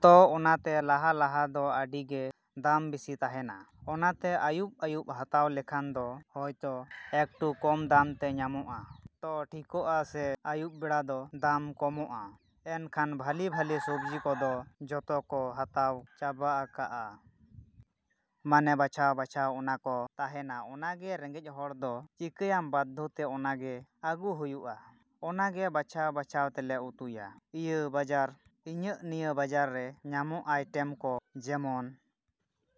ᱛᱚ ᱚᱱᱟᱛᱮ ᱞᱟᱦᱟ ᱞᱟᱦᱟ ᱫᱚ ᱟᱹᱰᱤ ᱜᱮ ᱫᱟᱢ ᱵᱤᱥᱤ ᱛᱟᱦᱮᱱᱟ᱾ ᱚᱱᱟᱛᱮ ᱟᱹᱭᱩᱵ ᱟᱹᱭᱩᱵ ᱦᱟᱛᱟᱣ ᱞᱮᱠᱷᱟᱱ ᱫᱚ ᱦᱚᱭᱛᱚ ᱮᱠᱴᱩ ᱠᱚᱢ ᱫᱟᱢ ᱛᱮ ᱧᱟᱢᱚᱜᱼᱟ᱾ ᱛᱚ ᱴᱷᱤᱤᱠᱟᱹᱜᱼᱟ ᱥᱮ ᱟᱹᱭᱩᱵ ᱵᱮᱲᱟ ᱫᱚ ᱫᱟᱢ ᱠᱚᱢᱚᱜᱼᱟ ᱮᱱᱠᱷᱟᱱ ᱵᱷᱟᱹᱞᱤ ᱵᱷᱟᱹᱞᱤ ᱥᱚᱵᱡᱤ ᱠᱚᱫᱚ ᱡᱚᱛᱚ ᱠᱚ ᱦᱟᱛᱟᱣ ᱪᱟᱵᱟ ᱟᱠᱟᱜᱼᱟ᱾ ᱢᱟᱱᱮ ᱵᱟᱪᱷᱟᱣ ᱵᱟᱪᱷᱟᱣ ᱚᱱᱟ ᱠᱚ ᱛᱟᱦᱮᱱᱟ ᱚᱱᱟ ᱜᱮ ᱨᱮᱸᱜᱮᱡᱽ ᱦᱚᱲ ᱫᱚ ᱪᱤᱠᱟᱹᱭᱟᱢ ᱵᱟᱫᱽᱫᱷᱚᱛᱮ ᱚᱱᱟ ᱜᱮ ᱟᱹᱜᱩᱭ ᱦᱩᱭᱩᱜᱼᱟ᱾ ᱚᱱᱟ ᱜᱮ ᱵᱟᱪᱷᱟᱣ ᱵᱟᱪᱷᱟᱣ ᱛᱮᱞᱮ ᱩᱛᱩᱭᱟ᱾ ᱱᱤᱭᱟᱹ ᱵᱟᱡᱟᱨ, ᱤᱧᱟᱹᱜ ᱱᱤᱭᱟᱹ ᱵᱟᱡᱟᱨ ᱨᱮ ᱧᱟᱢᱚᱜ ᱟᱭᱴᱮᱢ ᱠᱚ ᱡᱮᱢᱚᱱ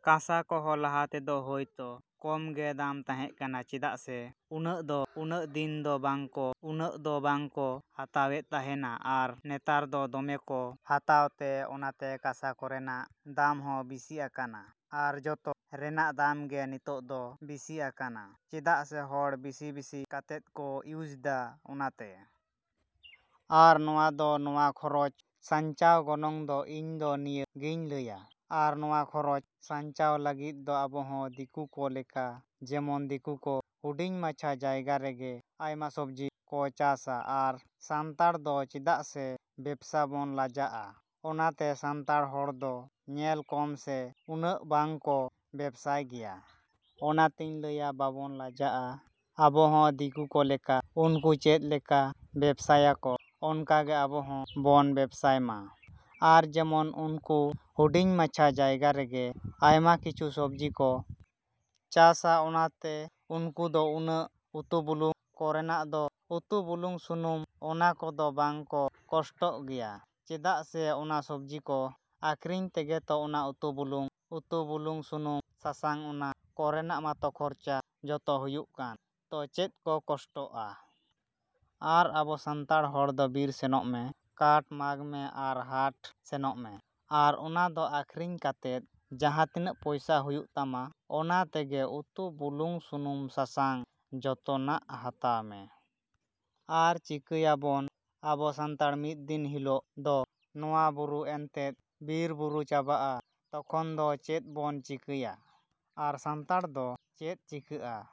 ᱠᱟᱥᱟ ᱠᱚᱦᱚᱸ ᱞᱟᱦᱟᱛᱮᱫᱚ ᱦᱚᱭᱛᱚ ᱠᱚᱢ ᱜᱮ ᱫᱟᱢ ᱛᱟᱦᱮᱸ ᱠᱟᱱᱟ ᱪᱮᱫᱟᱜ ᱥᱮ ᱩᱱᱟᱹᱜ ᱫᱚ ᱩᱱᱟᱹᱜ ᱫᱤᱱ ᱫᱚ ᱵᱟᱝ ᱠᱚ ᱩᱱᱟᱹᱜ ᱫᱚ ᱵᱟᱝ ᱠᱚ ᱦᱟᱛᱟᱣᱮᱫ ᱛᱟᱦᱮᱱᱟ ᱟᱨ ᱱᱮᱛᱟᱨ ᱫᱚ ᱫᱚᱢᱮ ᱠᱚ ᱦᱟᱛᱟᱣ ᱛᱮ ᱚᱱᱟᱛᱮ ᱠᱟᱥᱟ ᱠᱚᱨᱮᱱᱟᱜ ᱫᱟᱢ ᱦᱚᱸ ᱵᱤᱥᱤ ᱟᱠᱟᱱᱟ ᱟᱨ ᱡᱚᱛᱚ ᱨᱮᱱᱟᱜ ᱫᱟᱢ ᱜᱮ ᱱᱤᱛᱚᱜ ᱫᱚ ᱵᱤᱥᱤ ᱟᱠᱟᱱᱟ ᱪᱮᱫᱟᱜ ᱥᱮ ᱦᱚᱲ ᱵᱤᱥᱤ ᱵᱤᱥᱤ ᱠᱟᱛᱮᱫ ᱠᱚ ᱤᱭᱩᱡᱽ ᱫᱟ ᱚᱱᱟᱛᱮ᱾ ᱟᱨ ᱱᱚᱣᱟ ᱫᱚ ᱱᱚᱣᱟ ᱠᱷᱚᱨᱚᱪ ᱥᱟᱧᱪᱟᱣ ᱜᱚᱱᱚᱝ ᱫᱚ ᱤᱧ ᱫᱚ ᱱᱤᱭᱟᱹ ᱜᱤᱧ ᱞᱟᱹᱭᱟ᱾ ᱟᱨ ᱱᱚᱣᱟ ᱠᱷᱚᱨᱚᱪ ᱥᱟᱧᱪᱟᱣ ᱞᱟᱹᱜᱤᱫ ᱫᱚ ᱟᱵᱚ ᱦᱚᱸ ᱫᱤᱠᱩ ᱠᱚ ᱞᱮᱠᱟ ᱡᱮᱢᱚᱱ ᱫᱤᱠᱩ ᱫᱚ ᱦᱩᱰᱤᱝ ᱢᱟᱪᱷᱟ ᱡᱟᱭᱜᱟ ᱨᱮᱜᱮ ᱟᱭᱢᱟ ᱥᱚᱵᱡᱤ ᱠᱚ ᱪᱟᱥᱟ ᱟᱨ ᱥᱟᱱᱛᱟᱲ ᱫᱚ ᱪᱮᱫᱟᱜ ᱥᱮ ᱵᱮᱵᱥᱟ ᱵᱚᱱ ᱞᱟᱡᱟᱜᱼᱟ ᱚᱱᱟᱛᱮ ᱥᱟᱱᱛᱟᱲ ᱦᱚᱲ ᱫᱚ ᱧᱮᱞ ᱠᱚᱢ ᱥᱮ ᱩᱱᱟᱹᱜ ᱵᱟᱝ ᱠᱚ ᱵᱮᱵᱥᱟᱭ ᱜᱮᱭᱟ᱾ ᱚᱱᱟᱛᱮ ᱤᱧ ᱞᱟᱹᱭᱟ ᱵᱟᱵᱚᱱ ᱞᱟᱡᱟᱜᱼᱟ, ᱟᱵᱚ ᱦᱚᱸ ᱫᱤᱠᱩ ᱠᱚ ᱞᱮᱠᱟ ᱩᱱᱠᱩ ᱪᱮᱫ ᱞᱮᱠᱟ ᱵᱮᱵᱥᱟᱭᱟ ᱠᱚ ᱚᱱᱠᱟ ᱜᱮ ᱟᱵᱚ ᱦᱚᱸ ᱵᱚᱱ ᱵᱮᱵᱥᱟᱭ ᱢᱟ᱾ ᱟᱨ ᱡᱮᱢᱚᱱ ᱩᱱᱠᱩ ᱦᱩᱰᱤᱝ ᱢᱟᱪᱷᱟ ᱡᱟᱭᱜᱟ ᱨᱮᱜᱮ ᱟᱭᱢᱟ ᱠᱤᱪᱷᱩ ᱥᱚᱵᱡᱤ ᱠᱚ ᱪᱟᱥᱟ ᱚᱱᱟᱛᱮ ᱩᱱᱠᱩ ᱫᱚ ᱩᱱᱟᱹᱜ ᱩᱛᱩ ᱵᱩᱞᱩᱝ ᱠᱚᱨᱮᱱᱟᱜ ᱫᱚ ᱩᱛᱩ ᱵᱩᱞᱩᱝ ᱥᱩᱱᱩᱢ ᱚᱱᱟ ᱠᱚᱫᱚ ᱵᱟᱝ ᱠᱚ ᱠᱚᱥᱴᱚᱜ ᱜᱮᱭᱟ ᱪᱮᱫᱟᱜ ᱥᱮ ᱚᱱᱟ ᱥᱚᱵᱡᱤ ᱠᱚ ᱟᱠᱷᱨᱤᱧ ᱛᱮᱜᱮ ᱛᱚ ᱚᱱᱟ ᱩᱛᱩ ᱵᱩᱞᱩᱝ ᱩᱛᱩ ᱵᱩᱞᱩᱝ ᱥᱩᱱᱩᱢ ᱥᱟᱥᱟᱝ ᱚᱱᱟ ᱠᱚᱨᱮᱱᱟᱜ ᱢᱟᱛᱚ ᱠᱷᱚᱨᱚᱪᱟ ᱢᱟᱛᱚ ᱦᱩᱭᱩᱜ ᱠᱟᱱ ᱛᱚ ᱪᱮᱫ ᱠᱚ ᱠᱚᱥᱴᱚᱜᱼᱟ? ᱟᱨ ᱟᱵᱚ ᱥᱟᱱᱛᱟᱲ ᱦᱚᱲ ᱫᱚ ᱵᱤᱨ ᱥᱮᱱᱚᱜ ᱢᱮ, ᱠᱟᱴ ᱢᱟᱜᱽ ᱢᱮ ᱟᱨ ᱦᱟᱴ ᱥᱮᱱᱚᱜ ᱢᱮ ᱟᱨ ᱚᱱᱟ ᱠᱚ ᱟᱠᱷᱨᱤᱧ ᱠᱟᱛᱮᱫ ᱡᱟᱦᱟᱛᱤᱱᱟᱹᱜ ᱯᱚᱭᱥᱟ ᱦᱩᱭᱩᱜ ᱛᱟᱢᱟ ᱚᱱᱟ ᱛᱮᱜᱮ ᱩᱛᱩ ᱵᱩᱞᱩᱝ ᱥᱩᱱᱩᱢ ᱥᱟᱥᱟᱝ ᱡᱚᱛᱚ ᱱᱟᱜ ᱦᱟᱛᱟᱣ ᱢᱮ᱾ ᱟᱨ ᱪᱤᱠᱟᱹᱭᱟ ᱵᱚᱱ ᱟᱵᱚ ᱥᱟᱱᱛᱟᱲ ᱢᱤᱫ ᱫᱤᱱ ᱦᱤᱞᱚᱜ ᱫᱚ ᱱᱚᱣᱟ ᱵᱩᱨᱩ ᱮᱱᱛᱮᱫ ᱵᱤᱨ ᱵᱩᱨᱩ ᱪᱟᱵᱟᱜᱼᱟ ᱛᱚᱠᱷᱚᱱ ᱫᱚ ᱪᱮᱫ ᱵᱚᱱ ᱪᱤᱠᱟᱹᱭᱟ? ᱟᱨ ᱥᱟᱱᱛᱟᱲ ᱫᱚ ᱪᱮᱫ ᱪᱤᱠᱟᱹᱜᱼᱟ?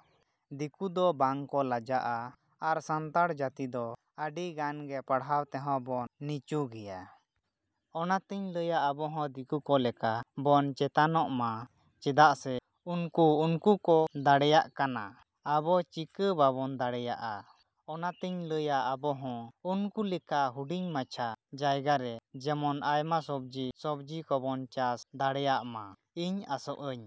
ᱫᱤᱠᱩ ᱫᱚ ᱵᱟᱝ ᱠᱚ ᱞᱟᱡᱟᱜᱼᱟ ᱟᱨ ᱥᱟᱱᱛᱟᱲ ᱡᱟᱹᱛᱤ ᱫᱚ ᱟᱹᱰᱤ ᱜᱟᱱ ᱜᱮ ᱯᱟᱲᱦᱟᱣ ᱛᱮᱦᱚᱸ ᱵᱚᱱ ᱱᱤᱪᱩ ᱜᱮᱭᱟ᱾ ᱚᱱᱟᱛᱮᱧ ᱞᱟᱹᱭᱟ ᱟᱵᱚ ᱦᱚᱸ ᱫᱤᱠᱩ ᱠᱚ ᱞᱮᱠᱟ ᱵᱚᱱ ᱪᱮᱛᱚᱱᱟᱜ ᱢᱟ ᱪᱮᱫᱟᱜ ᱥᱮ ᱩᱱᱠᱩ ᱩᱱᱠᱩ ᱠᱚ ᱫᱟᱲᱮᱭᱟᱜ ᱠᱟᱱᱟ ᱟᱵᱚ ᱪᱤᱠᱟᱹ ᱵᱟᱵᱚᱱ ᱫᱟᱲᱮᱭᱟᱜᱼᱟ? ᱚᱱᱟᱛᱮᱧ ᱞᱟᱹᱭᱟ ᱟᱵᱚ ᱦᱚᱸ ᱩᱱᱠᱩ ᱞᱮᱠᱟ ᱦᱩᱰᱤᱝ ᱢᱟᱪᱷᱟ ᱡᱟᱭᱜᱟ ᱨᱮ ᱡᱮᱢᱚᱱ ᱟᱭᱢᱟ ᱥᱚᱵᱡᱤ ᱥᱚᱵᱡᱤ ᱠᱚ ᱵᱚᱱ ᱪᱟᱥ ᱫᱟᱲᱮᱭᱟᱜ ᱢᱟ ᱤᱧ ᱟᱥᱚᱜ ᱟᱹᱧ᱾